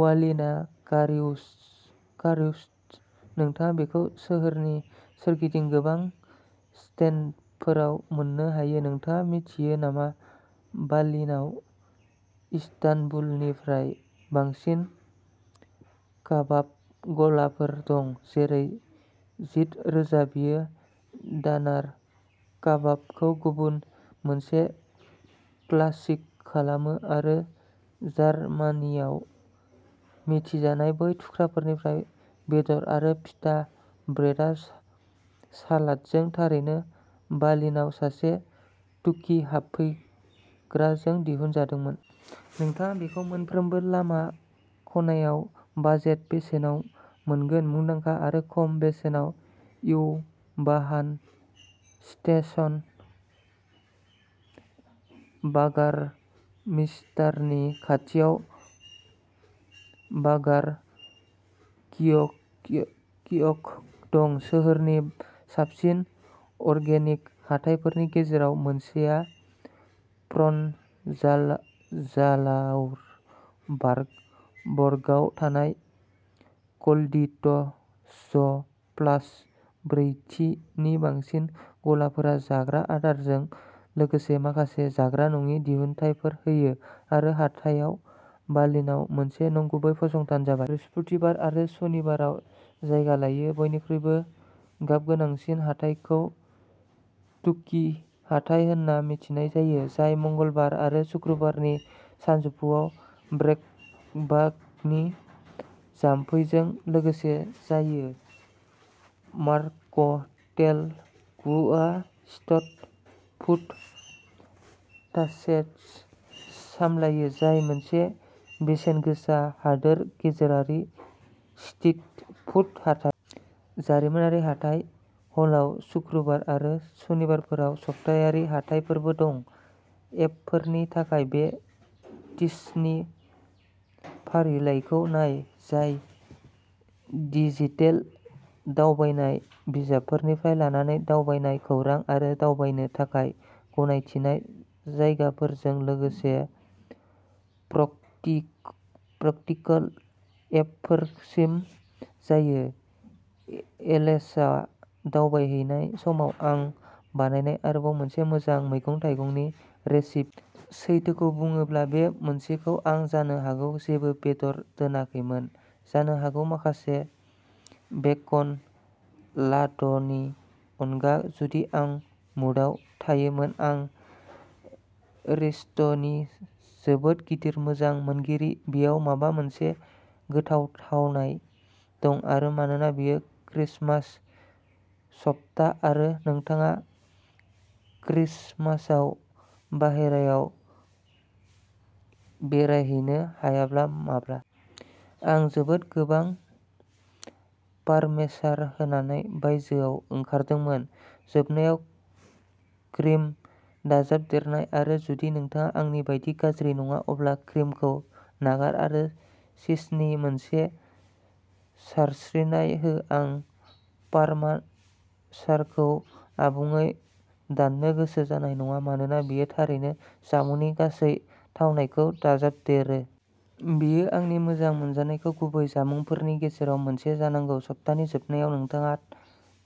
बार्लिना कारिउस्ट कारिउर्स्ट। नोंथाङा बेखौ सोहोरनि सोरगिदिं गोबां स्टेन्डफोराव मोननो हायो। नोंथाङा मिथियो नामा बार्लिनाव इस्तानबुलनिख्रुइ बांसिन काबाब गलाफोर दं जेरै जिद रोजा। बेयो डानार काबाबखौ गुबुन मोनसे क्लासिक खालामो आरो जार्मानियाव मिथिजानाय बेनि थुख्रानिफ्राय बेदर आरो पिटा ब्रेडआव सालादजों थारैनो बार्लिनाव सासे तुर्की हाबफैग्राजों दिहुनजादोंमोन। नोंथाङा बेखौ मोनफ्रोमबो लामा खनायाव बाजेट बेसेनाव मोनगोन। मुंदांखा आरो खम बेसेनाव इउ-बाहान स्टेशन, बागारमिस्टारनि खाथियाव बागार कियक कियक दं। सोहोरनि साबसिन अर्गेनिक हाथाइफोरनि गेजेराव मोनसेआ प्रनजाला जाला जालाउर बर्गआव थानाय कलविट्जप्लात्ज। ब्रैजि नि बांसिन गलाफोरा जाग्रा आदारजों लोगोसे माखासे जाग्रा नङि दिहुनथायफोर होयो आरो हाथाया बार्लिनाव मोनसे नंगुबै फसंथान जाबाय। बृहस्पतिबार आरो सनिबाराव जायगा लायो। बयनिख्रुइबो गाबगोनांसिन हाथाइखौ तुर्की हाथाइ होनना मानिनाय जायो, जाय मंगलबार आरो सुक्रुबारनि सानजौफुआव क्रेजबार्गनि जाम्फैजों लोगोसे जायो। मार्कथेल गु आ स्ट्रीट फुड थार्सडेस सालायो, जाय मोनसे बेसेनगोसा हादोर गेजेरारि स्ट्रीट फुड हाथाइ। जारिमिनारि हाथाइ हलाव सुक्रुबार आरो सनिबारफोराव सप्तायारि हाथायफोरबो दं। एपफोरनि थाखाय बे टिसनि फारिलाइखौ नाय, जाय डिजिटेल दावबायनाय बिजाबफोरनिफ्राय लानानै दावबायनाय, खौरां आरो दावबायनो थाखाय गनायथिनाय जायगाफोरजों लोगोसे प्रकटि प्रकटिकल एपफोरसिम जायो। एलेक्सआ दावबायहैनाय समाव आं बानायनाय आरोबाव मोनसे मोजां मैगं-थाइगंनि रेसिप। सैथोखौ बुंनोब्ला, बे मोनसेखौ आं जानो हागौ जेबो बेदर दोनाखैमोन। जानो हागौ माखासे बेकन लाडरननि अनगा जुदि आं मुडआव थायोमोन। आं रिस'ट'नि जोबोद गिदिर मोजां मोनगिरि, बेयाव माबा मोनसे गोथाव थावनाय दं आरो मानोना बेयो क्रिसमास सप्ता आरो नोंथाङा क्रिसमासआव बाहेरायाव बेरायहैनो हायाब्ला माब्ला? आं जोबोद गोबां पार्मेसार होनानै बायजोआव ओंखारदोंमोन। जोबनायाव क्रिम दाजाबदेरनाय आरो। जुदि नोंथाङा आंनि बायदि गाज्रि नङा, अब्ला क्रिमखौ नागार आरो चीजनि मोनसे सारस्रिनाय हो। आं पारमासानखौ आबुङै दाननो गोसो जानाय नङा मानोना बेयो थारैनो जामुंनि गासै थावनायखौ दाजाबदेरो। बेयो आंनि मोजां मोनजानाय गुबै जामुंफोरनि गेजेराव मोनसे जानांगौ, सप्तानि जोबनायाव नोंथाङा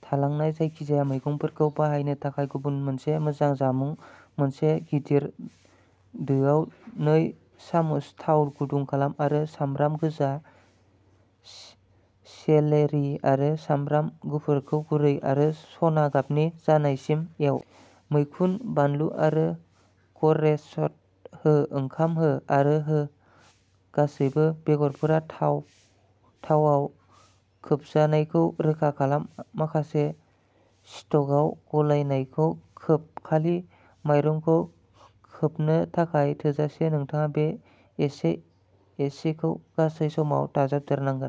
थालांनाय जायखिजाया मैगंफोरखौ बाहायनो थाखाय गुबुन मोनसे मोजां जामुं। मोनसे गिदिर दोआव नै सामुस थाव गुदुं खालाम आरो सामब्राम गोजा, सेलेरि आरो सामब्राम गुफुरखौ गुरै आरो सना गाबनि जानायसिम एव। मैखुन, बानलु आरो करेजट हो। ओंखाम हो आरो हो, गासैबो बेगरफोरा थावाव खोबजानायखौ रोखा खालाम। माखासे स्टकआव गलायनायखौ खोब, खालि माइरंखौ खोबनो थाखाय थोजासे, नोंथाङा बे एसे-एसेखौ गासै समाव दाजाबदेरनांगोन।